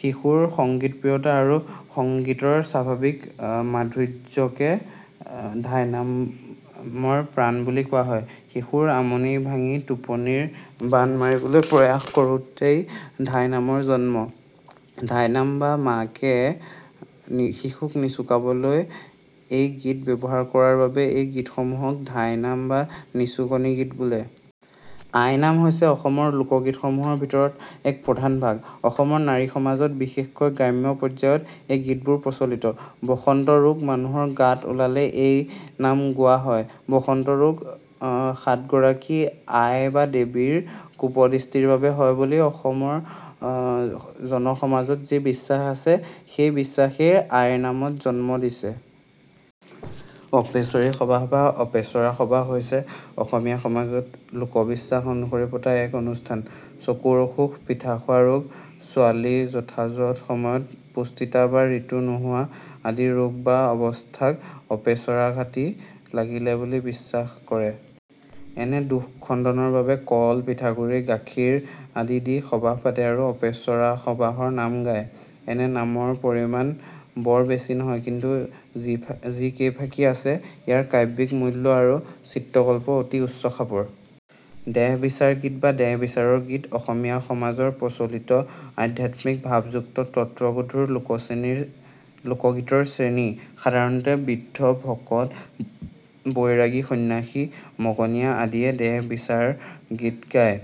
শিশুৰ সংগীতপ্ৰিয়তা আৰু সংগীতৰ স্বাভাৱিক মাধুৰ্যকে ধাইনামৰ প্ৰাণ বুলি কোৱা হয়। শিশুৰ আমনি ভাঙি টোপনিৰ বাণ মাৰিবলৈ প্ৰয়াস কৰোঁতেই ধাইনামৰ জন্ম। ধাইনাম বা মাকে শিশুক নিচুকাবলৈ এই গীত ব্যৱহাৰ কৰাৰ বাবে এই গীতসমূহক ধাইনাম বা নিচুকনি গীত বোলে। আইনাম হৈছে অসমৰ লোকগীত সমূহৰ ভিতৰত এটা প্ৰধান ভাগ। অসমৰ নাৰী সমাজত বিশেষকৈ গ্ৰাম্য পৰ্যায়ত এই গীতবোৰ প্ৰচলিত। বসন্ত ৰোগ মানুহৰ গাত ওলালে এই নাম গোৱা হয়। বসন্ত ৰোগ 'সাত গৰাকী আই বা দেৱীৰ' কোপদৃষ্টিৰ বাবে হয় বুলি অসমৰ জনসমাজত যি বিশ্বাস আছে, সেই বিশ্বাসেই আইনামৰ জন্ম দিছে। অপেশ্বৰী সবাহ বা অপেচৰা সবাহ হৈছে অসমীয়া সমাজত লোকবিশ্বাস অনুসৰি পতা এক অনুষ্ঠান। চকুৰ অসুখ, পিঠাখোৱা ৰোগ, ছোৱালী যথাযথ সময়ত পুষ্পিতা বা ঋতু নোহোৱা আদি ৰোগ বা অৱস্থাক অপেচৰা ঘাটি লাগিলে বুলি বিশ্বাস কৰে। এনে দোষ খণ্ডনৰ বাবে কল, পিঠাগুৰি, গাখীৰ আদি দি সবাহ পাতে আৰু অপেচৰা সবাহৰ নাম গায়। এনে নামৰ পৰিমাণ বৰ বেছি নহয়; কিন্তু যি কেইফাকি আছে ইয়াৰ কাব্যিক মূল্য আৰু চিত্ৰ-কল্প অতি উচ্চ খাপৰ। দেহ বিচাৰ গীত বা দেহবিচাৰৰ গীত অসমীয়া সমাজত প্ৰচলিত আধ্যাত্মিক ভাবযুক্ত তত্ত্বগধুৰ লোকগীতৰ শ্ৰেণী। সাধাৰণতে বৃদ্ধ, ভকত, বৈৰাগী, সন্ন্যাসী, মগনীয়া আদিয়ে দেহ বিচাৰ গীত গায়।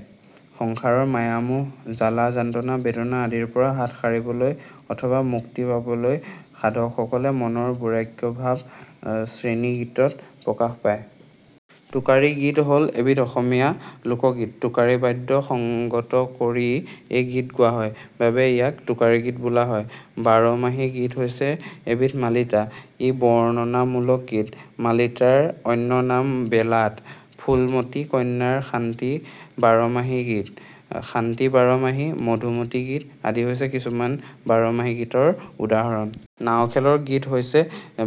সংসাৰৰ মায়া-মোহ, জ্বালা-যন্ত্ৰণা, বেদনা আদিৰ পৰা হাত সাৰিবলৈ অথবা মুক্তি পাবলৈ সাধকসকলে মনৰ বৈৰাগ্য ভাব শ্ৰেণী গীতত প্ৰকাশ পায়। টোকাৰী গীত হ'ল এবিধ অসমীয়া লোকগীত। টোকাৰী বাদ্য সংগত কৰি এই গীত গোৱা হয় বাবে ইয়াক টোকাৰী গীত বোলা হয়। বাৰমাহী গীত হৈছে এবিধ মালিতা। ই বৰ্ণনামূলক গীত। মালিতাৰ অন্য নাম বেলাড। 'ফুলমতী কন্যাৰ শান্তি বাৰমাহী গীত', 'শান্তি বাৰমাহী', 'মধুমতী গীত' আদি হৈছে কিছুমান বাৰমাহী গীতৰ উদাহৰণ। নাও খেলৰ গীত হৈছে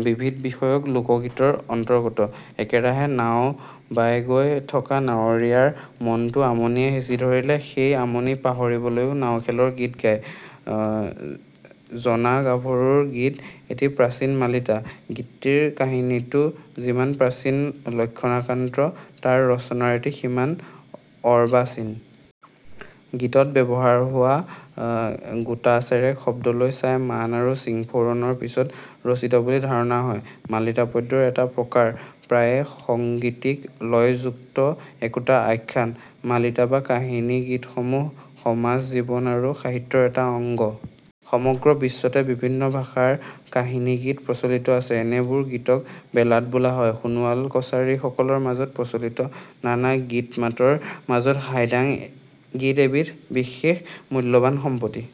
বিবিধ বিষয়ক লোকগীতৰ অন্তৰ্গত। একেৰাহে নাও বাই গৈ থকা নাৱৰীয়াৰ মনটো আমনিয়ে হেঁচি ধৰিলে সেই আমনি পাহৰিবলৈ নাও খেলৰ গীত গায়। জনা গাভৰুৰ গীত এটি প্ৰাচীন মালিতা। গীতটিৰ কাহিনীটো যিমান প্ৰাচীন লক্ষণাক্ৰান্ত, তাৰ ৰচনা-ৰীতি সিমান অৰ্বাচীন। গীতত ব্যৱহাৰ হোৱা গোটাচেৰেক শব্দলৈ চাই মান আৰু চিংফৌ ৰণৰ পিছত ৰচিত বুলি ধাৰণা হয়। মালিতা পদ্যৰ এটা প্ৰকাৰ, প্ৰায়ে সাংগীতিক লয়যুক্ত একোটা আখ্যান। মালিতা বা কাহিনী-গীতসমূহ সমাজ জীৱন আৰু সাহিত্যৰ এটা অঙ্গ। সমগ্ৰ বিশ্বতে বিভিন্ন ভাষাৰ কাহিনী-গীত প্ৰচলিত আছে। এনেবোৰ গীতক বেলাড বোলা হয়। সোণোৱাল কছাৰী সকলৰ মাজত প্ৰচলিত নানা গীত-মাতৰ মাজত হাইদাং গীত এবিধ বিশেষ মূল্যবান সম্পত্তি।